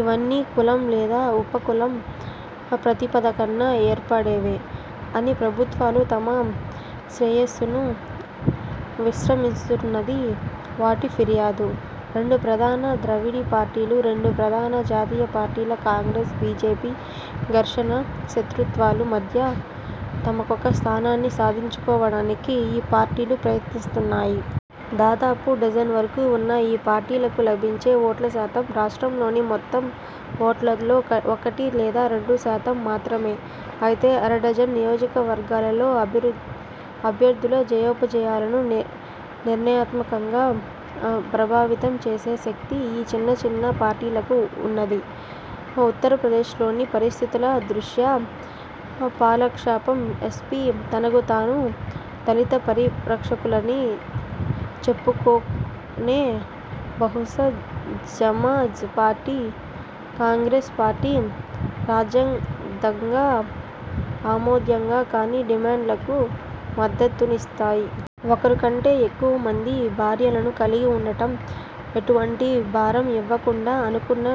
ఇవన్నీ కులం లేదా ఉప కులం ప్రాతిపదికన ఏర్పడినవే. అన్ని ప్రభుత్వాలూ తమ శ్రేయస్సును విస్మరిస్తున్నాయన్నది వాటి ఫిర్యాదు. రెండు ప్రధాన ద్రావిడ పార్టీల, రెండు ప్రధాన జాతీయ పార్టీల– కాంగ్రెస్, బీజేపీ– ఘర్షణలూ, శత్రుత్వాల మధ్య తమకొక స్థానాన్ని సాధించుకోవడానికి ఈ పార్టీలు ప్రయత్నిస్తున్నాయి. దాదాపు డజన్ వరకు వున్న ఈ పార్టీలకు లభించే ఓట్ల శాతం, రాష్ట్రంలోని మొత్తం ఓట్లలో ఒకటి లేదా రెండు శాతం మాత్రమే! అయితే అరడజన్ నియోజక వర్గాలలో అభ్యర్థుల జయాపజయాలను నిర్ణయాత్మకంగా ప్రభావితం చేసే శక్తి ఈ చిన్న చిన్న పార్టీలకు వున్నది. ఉత్తరప్రదేశ్లోని పరిస్థితుల దృష్ట్యా పాలకపక్షం ఎస్పీ, తనకు తాను దళితుల పరిరక్షకురాలిగా చెప్పుకొనే Bahujan Samaj party, Congress party రాజ్యాంగబద్ధంగా ఆమోదయోగ్యం కాని డిమాండ్లకు మద్దతునిస్థాయి! ఒకరు కంటే ఎక్కువ మంది భార్యలను కలిగి వుండడం, ఎటువంటి భారం భరణం ఇవ్వకుండా అనుకున్న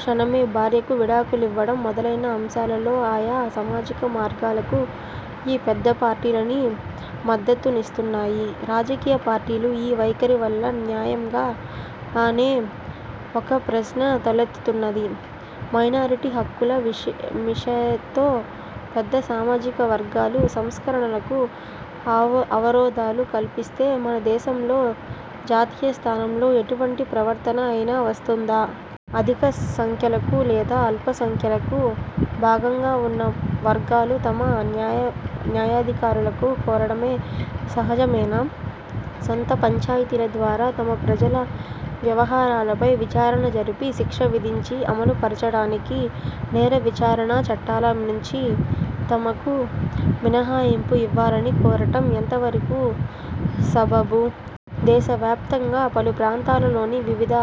క్షణమే భార్యకు విడాకుల్వివడం మొదలైన అంశాలలో ఆయా సామాజిక వర్గాలకు ఈ పెద్ద పార్టీలన్నీ మద్దతునిస్తున్నాయి. రాజకీయ పార్టీల ఈ వైఖరివల్ల న్యాయంగానే ఒక ప్రశ్న తలెత్తుతున్నది: మైనారిటీ హక్కుల విషతో పెద్ద సామాజిక వర్గాలు సంస్కరణలకు అవ అవరోధాలు కల్పిస్తే మన దేశంలో జాతీయస్థాయిలో ఎటువంటి ప్రవర్తన అయినా వస్తుందా? అధిక సంఖ్యాకులు లేదా అల్ప సంఖ్యలకు భాగంగా వున్న వర్గాలు తమ న్యాయాధికారాలను కోరడం సమంజసమేనా? సొంత పంచాయితీల ద్వారా తమ ప్రజల వ్యవహారాలపై విచారణ జరిపి, శిక్ష విధించి, అమలుపరచడానికి నేర విచారణా చట్టాల నుంచి తమకు మినహాయింపు ఇవ్వాలని కోరడం ఎంతవరకు సబబు? దేశవ్యాప్తంగా పలు ప్రాంతాలలోని వివిధ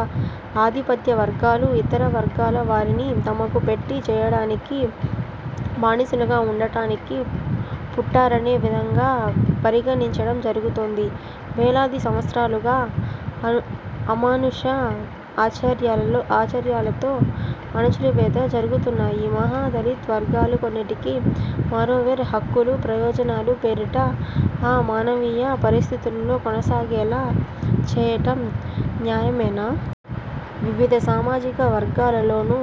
ఆధిపత్య వర్గాలు ఇతర వర్గాల వారిని తమకు పెట్టి చేయడానికి, బానిసలుగా వుండడానికి పుట్టారనే విధంగా పరిగణించడం జరుగుతోంది. వేలాది సంవత్సరాలుగా అమానుష ఆచర్యలతో అణచివేతకు గురవుతున్న మహా దళిత్ వర్గాలు కొన్నిటిని, మరెవరివో'హక్కులు', 'ప్రయోజనాలు'పేరిట ఆ అమానవీయ పరిస్థితులలో కొనసాగేలా చేయడం న్యాయమేనా? వివిధ సామాజిక వర్గాలలోను,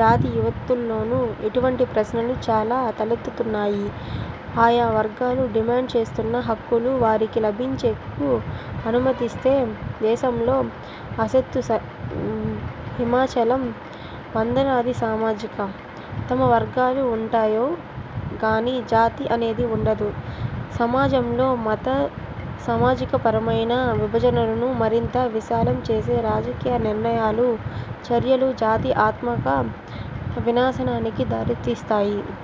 జాతియు వత్తులోను ఇటువంటి ప్రశ్నలు చాలా తలెత్తుతున్నాయి. ఆయా వర్గాలు డిమాండ్ చేస్తున్న 'హక్కులు' వారికి లభించేందుకు అనుమతిస్తే దేశంలో ఆసేతు హిమాచలం వందలాది సామాజిక, వర్గాలు వుంటాయే గానీ జాతి అనేది వుండదు. సమాజంలోని తమ సామాజికపరమైన విభజనలను మరింత విశాలం చేసే రాజకీయ నిర్ణయాలు, చర్యలు జాతి ఆత్మ వినాశనానికి దారితీస్తాయి.